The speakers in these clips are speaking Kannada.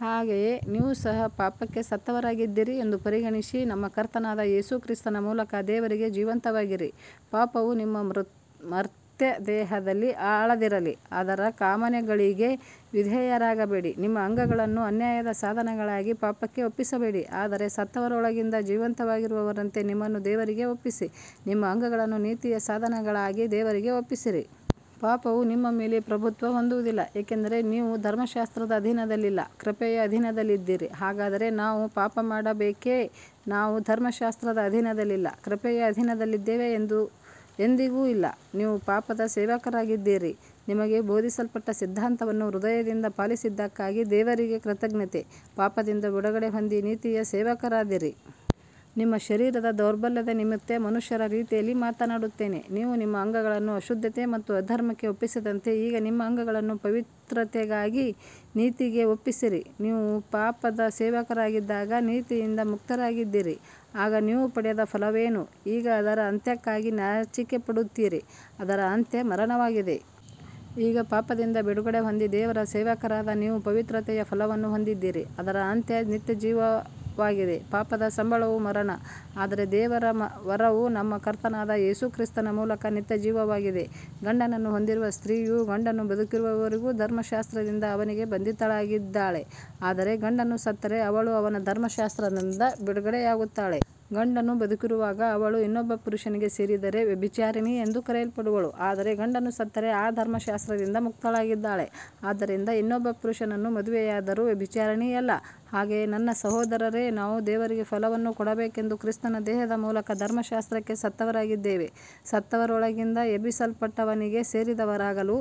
ಹಾಗೆಯೇ ನೀವು ಸಹ ಪಾಪಕ್ಕೆ ಸತ್ತವರಾಗಿದ್ದೀರಿ ಎಂದು ಪರಿಗಣಿಸಿ, ನಮ್ಮ ಕರ್ತನಾದ ಯೇಸು ಕ್ರಿಸ್ತನ ಮೂಲಕ ದೇವರಿಗೆ ಜೀವಂತವಾಗಿರಿ. ಪಾಪವು ನಿಮ್ಮ ಮರ್ತ್ಯ ದೇಹದಲ್ಲಿ ಆಳದಿರಲಿ, ಅದರ ಕಾಮನೆಗಳಿಗೆ ವಿಧೇಯರಾಗಬೇಡಿ. ನಿಮ್ಮ ಅಂಗಗಳನ್ನು ಅನ್ಯಾಯದ ಸಾಧನಗಳಾಗಿ ಪಾಪಕ್ಕೆ ಒಪ್ಪಿಸಬೇಡಿ, ಆದರೆ ಸತ್ತವರೊಳಗಿಂದ ಜೀವಂತವಾಗಿರುವವರಂತೆ ನಿಮ್ಮನ್ನು ದೇವರಿಗೆ ಒಪ್ಪಿಸಿ, ನಿಮ್ಮ ಅಂಗಗಳನ್ನು ನೀತಿಯ ಸಾಧನಗಳಾಗಿ ದೇವರಿಗೆ ಒಪ್ಪಿಸಿರಿ. ಪಾಪವು ನಿಮ್ಮ ಮೇಲೆ ಪ್ರಭುತ್ವ ಹೊಂದುವುದಿಲ್ಲ, ಏಕೆಂದರೆ ನೀವು ಧರ್ಮಶಾಸ್ತ್ರದ ಅಧೀನದಲ್ಲಿಲ್ಲ, ಕೃಪೆಯ ಅಧೀನದಲ್ಲಿದ್ದೀರಿ. ಹಾಗಾದರೆ ನಾವು ಪಾಪಮಾಡಬೇಕೇ, ನಾವು ಧರ್ಮಶಾಸ್ತ್ರದ ಅಧೀನದಲ್ಲಿಲ್ಲ, ಕೃಪೆಯ ಅಧೀನದಲ್ಲಿದ್ದೇವೆ ಎಂದು. ಎಂದಿಗೂ ಇಲ್ಲ. ನೀವು ಪಾಪದ ಸೇವಕರಾಗಿದ್ದರೂ, ನಿಮಗೆ ಬೋಧಿಸಲ್ಪಟ್ಟ ಸಿದ್ಧಾಂತವನ್ನು ಹೃದಯದಿಂದ ಪಾಲಿಸಿದ್ದಕ್ಕಾಗಿ ದೇವರಿಗೆ ಕೃತಜ್ಞತೆ. ಪಾಪದಿಂದ ಬಿಡುಗಡೆ ಹೊಂದಿ ನೀತಿಯ ಸೇವಕರಾದಿರಿ. ನಿಮ್ಮ ಶರೀರದ ದೌರ್ಬಲ್ಯದ ನಿಮಿತ್ತ ಮನುಷ್ಯರ ರೀತಿಯಲ್ಲಿ ಮಾತನಾಡುತ್ತೇನೆ. ನೀವು ನಿಮ್ಮ ಅಂಗಗಳನ್ನು ಅಶುದ್ಧತೆ ಮತ್ತು ಅಧರ್ಮಕ್ಕೆ ಒಪ್ಪಿಸಿದಂತೆ, ಈಗ ನಿಮ್ಮ ಅಂಗಗಳನ್ನು ಪವಿತ್ರತೆಗಾಗಿ ನೀತಿಗೆ ಒಪ್ಪಿಸಿರಿ. ನೀವು ಪಾಪದ ಸೇವಕರಾಗಿದ್ದಾಗ ನೀತಿಯಿಂದ ಮುಕ್ತರಾಗಿದ್ದಿರಿ. ಆಗ ನೀವು ಪಡೆದ ಫಲವೇನು, ಈಗ ಅದರ ಅಂತ್ಯಕ್ಕಾಗಿ ನಾಚಿಕೆಪಡುತ್ತೀರಿ, ಅದರ ಅಂತ್ಯ ಮರಣವಾಗಿದೆ. ಈಗ ಪಾಪದಿಂದ ಬಿಡುಗಡೆ ಹೊಂದಿ ದೇವರ ಸೇವಕರಾದ ನೀವು ಪವಿತ್ರತೆಯ ಫಲವನ್ನು ಹೊಂದಿದ್ದೀರಿ, ಅದರ ಅಂತ್ಯ ನಿತ್ಯಜೀವವಾಗಿದೆ. ಪಾಪದ ಸಂಬಳವು ಮರಣ, ಆದರೆ ದೇವರ ವರವು ನಮ್ಮ ಕರ್ತನಾದ ಯೇಸು ಕ್ರಿಸ್ತನ ಮೂಲಕ ನಿತ್ಯಜೀವವಾಗಿದೆ. ಗಂಡನನ್ನು ಹೊಂದಿರುವ ಸ್ತ್ರೀಯು ಗಂಡನು ಬದುಕಿರುವವರೆಗೂ ಧರ್ಮಶಾಸ್ತ್ರದಿಂದ ಅವನಿಗೆ ಬಂಧಿತಳಾಗಿದ್ದಾಳೆ, ಆದರೆ ಗಂಡನು ಸತ್ತರೆ ಅವಳು ಅವನ ಧರ್ಮಶಾಸ್ತ್ರದಿಂದ ಬಿಡುಗಡೆಯಾಗುತ್ತಾಳೆ. ಗಂಡನು ಬದುಕಿರುವಾಗ ಅವಳು ಇನ್ನೊಬ್ಬ ಪುರುಷನಿಗೆ ಸೇರಿದರೆ ವ್ಯಭಿಚಾರಿಣಿ ಎಂದು ಕರೆಯಲ್ಪಡುವಳು, ಆದರೆ ಗಂಡನು ಸತ್ತರೆ ಆ ಧರ್ಮಶಾಸ್ತ್ರದಿಂದ ಮುಕ್ತಳಾಗಿದ್ದಾಳೆ, ಆದ್ದರಿಂದ ಇನ್ನೊಬ್ಬ ಪುರುಷನನ್ನು ಮದುವೆಯಾದರೂ ವ್ಯಭಿಚಾರಿಣಿಯಲ್ಲ. ಹಾಗೆಯೇ ನನ್ನ ಸಹೋದರರೇ, ನಾವು ದೇವರಿಗೆ ಫಲವನ್ನು ಕೊಡಬೇಕೆಂದು ಕ್ರಿಸ್ತನ ದೇಹದ ಮೂಲಕ ಧರ್ಮಶಾಸ್ತ್ರಕ್ಕೆ ಸತ್ತವರಾಗಿದ್ದೇವೆ, ಸತ್ತವರೊಳಗಿಂದ ಎಬ್ಬಿಸಲ್ಪಟ್ಟವನಿಗೆ ಸೇರಿದವರಾಗಲು.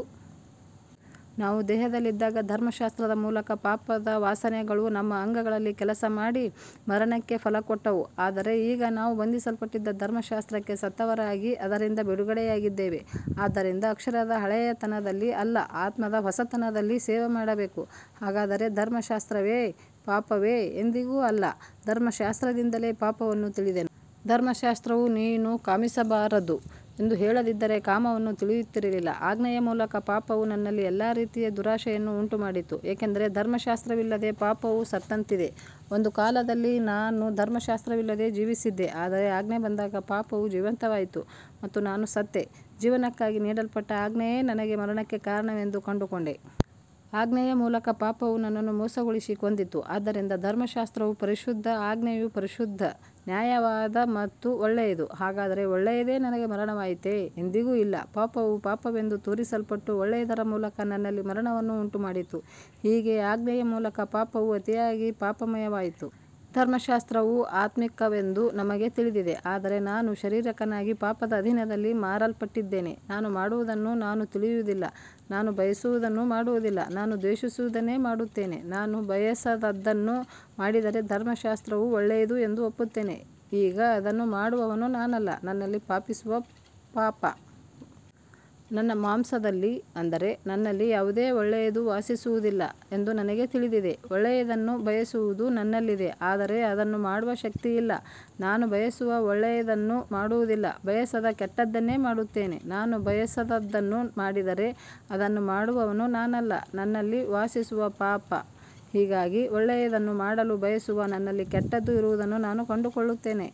ನಾವು ದೇಹದಲ್ಲಿದ್ದಾಗ ಧರ್ಮಶಾಸ್ತ್ರದ ಮೂಲಕ ಪಾಪದ ವಾಸನೆಗಳು ನಮ್ಮ ಅಂಗಗಳಲ್ಲಿ ಕೆಲಸಮಾಡಿ ಮರಣಕ್ಕೆ ಫಲಕೊಟ್ಟವು. ಆದರೆ ಈಗ ನಾವು ಬಂಧಿಸಲ್ಪಟ್ಟಿದ್ದ ಧರ್ಮಶಾಸ್ತ್ರಕ್ಕೆ ಸತ್ತವರಾಗಿ ಅದರಿಂದ ಬಿಡುಗಡೆಯಾಗಿದ್ದೇವೆ, ಆದ್ದರಿಂದ ಅಕ್ಷರದ ಹಳೆಯತನದಲ್ಲಿ ಅಲ್ಲ, ಆತ್ಮದ ಹೊಸತನದಲ್ಲಿ ಸೇವೆಮಾಡಬೇಕು. ಹಾಗಾದರೆ ಧರ್ಮಶಾಸ್ತ್ರವೇ ಪಾಪವೇ. ಎಂದಿಗೂ ಇಲ್ಲ. ಧರ್ಮಶಾಸ್ತ್ರದಿಂದಲೇ ಪಾಪವನ್ನು ತಿಳಿದೆನು. ಧರ್ಮಶಾಸ್ತ್ರವು ನೀನು ಕಾಮಿಸಬಾರದು ಎಂದು ಹೇಳದಿದ್ದರೆ ಕಾಮವನ್ನು ತಿಳಿಯುತ್ತಿರಲಿಲ್ಲ. ಆಜ್ಞೆಯ ಮೂಲಕ ಪಾಪವು ನನ್ನಲ್ಲಿ ಎಲ್ಲಾ ರೀತಿಯ ದುರಾಶೆಯನ್ನು ಉಂಟುಮಾಡಿತು, ಏಕೆಂದರೆ ಧರ್ಮಶಾಸ್ತ್ರವಿಲ್ಲದೆ ಪಾಪವು ಸತ್ತಂತಿದೆ. ಒಂದು ಕಾಲದಲ್ಲಿ ನಾನು ಧರ್ಮಶಾಸ್ತ್ರವಿಲ್ಲದೆ ಜೀವಿಸಿದ್ದೆ, ಆದರೆ ಆಜ್ಞೆ ಬಂದಾಗ ಪಾಪವು ಜೀವಂತವಾಯಿತು ಮತ್ತು ನಾನು ಸತ್ತೆ. ಜೀವನಕ್ಕಾಗಿ ನೀಡಲ್ಪಟ್ಟ ಆಜ್ಞೆಯೇ ನನಗೆ ಮರಣಕ್ಕೆ ಕಾರಣವೆಂದು ಕಂಡುಕೊಂಡೆ. ಆಜ್ಞೆಯ ಮೂಲಕ ಪಾಪವು ನನ್ನನ್ನು ಮೋಸಗೊಳಿಸಿ ಕೊಂದಿತು. ಆದ್ದರಿಂದ ಧರ್ಮಶಾಸ್ತ್ರವು ಪರಿಶುದ್ಧ, ಆಜ್ಞೆಯು ಪರಿಶುದ್ಧ, ನ್ಯಾಯವಾದ ಮತ್ತು ಒಳ್ಳೆಯದು. ಹಾಗಾದರೆ ಒಳ್ಳೆಯದೇ ನನಗೆ ಮರಣವಾಯಿತೇ. ಎಂದಿಗೂ ಇಲ್ಲ. ಪಾಪವು ಪಾಪವೆಂದು ತೋರಿಸಲ್ಪಟ್ಟು, ಒಳ್ಳೆಯದರ ಮೂಲಕ ನನ್ನಲ್ಲಿ ಮರಣವನ್ನು ಉಂಟುಮಾಡಿತು, ಹೀಗೆ ಆಜ್ಞೆಯ ಮೂಲಕ ಪಾಪವು ಅತಿಯಾಗಿ ಪಾಪಮಯವಾಯಿತು. ಧರ್ಮಶಾಸ್ತ್ರವು ಆತ್ಮಿಕವೆಂದು ನಮಗೆ ತಿಳಿದಿದೆ, ಆದರೆ ನಾನು ಶರೀರಿಕನಾಗಿ ಪಾಪದ ಅಧೀನದಲ್ಲಿ ಮಾರಲ್ಪಟ್ಟಿದ್ದೇನೆ. ನಾನು ಮಾಡುವುದನ್ನು ನಾನು ತಿಳಿಯುವುದಿಲ್ಲ, ನಾನು ಬಯಸುವುದನ್ನು ಮಾಡುವುದಿಲ್ಲ, ನಾನು ದ್ವೇಷಿಸುವುದನ್ನೇ ಮಾಡುತ್ತೇನೆ. ನಾನು ಬಯಸದದ್ದನ್ನು ಮಾಡಿದರೆ ಧರ್ಮಶಾಸ್ತ್ರವು ಒಳ್ಳೆಯದು ಎಂದು ಒಪ್ಪುತ್ತೇನೆ. ಈಗ ಅದನ್ನು ಮಾಡುವವನು ನಾನಲ್ಲ, ನನ್ನಲ್ಲಿ ವಾಸಿಸುವ ಪಾಪ. ನನ್ನ ಮಾಂಸದಲ್ಲಿ, ಅಂದರೆ ನನ್ನಲ್ಲಿ, ಯಾವುದೇ ಒಳ್ಳೆಯದು ವಾಸಿಸುವುದಿಲ್ಲ ಎಂದು ನನಗೆ ತಿಳಿದಿದೆ. ಒಳ್ಳೆಯದನ್ನು ಬಯಸುವುದು ನನ್ನಲ್ಲಿದೆ, ಆದರೆ ಅದನ್ನು ಮಾಡುವ ಶಕ್ತಿ ಇಲ್ಲ. ನಾನು ಬಯಸುವ ಒಳ್ಳೆಯದನ್ನು ಮಾಡುವುದಿಲ್ಲ, ಬಯಸದ ಕೆಟ್ಟದ್ದನ್ನೇ ಮಾಡುತ್ತೇನೆ. ನಾನು ಬಯಸದದ್ದನ್ನು ಮಾಡಿದರೆ ಅದನ್ನು ಮಾಡುವವನು ನಾನಲ್ಲ, ನನ್ನಲ್ಲಿ ವಾಸಿಸುವ ಪಾಪ. ಹೀಗಾಗಿ ಒಳ್ಳೆಯದನ್ನು ಮಾಡಲು ಬಯಸುವ ನನ್ನಲ್ಲಿ ಕೆಟ್ಟದ್ದು ಇರುವುದನ್ನು ನಾನು ಕಂಡುಕೊಳ್ಳುತ್ತೇನೆ.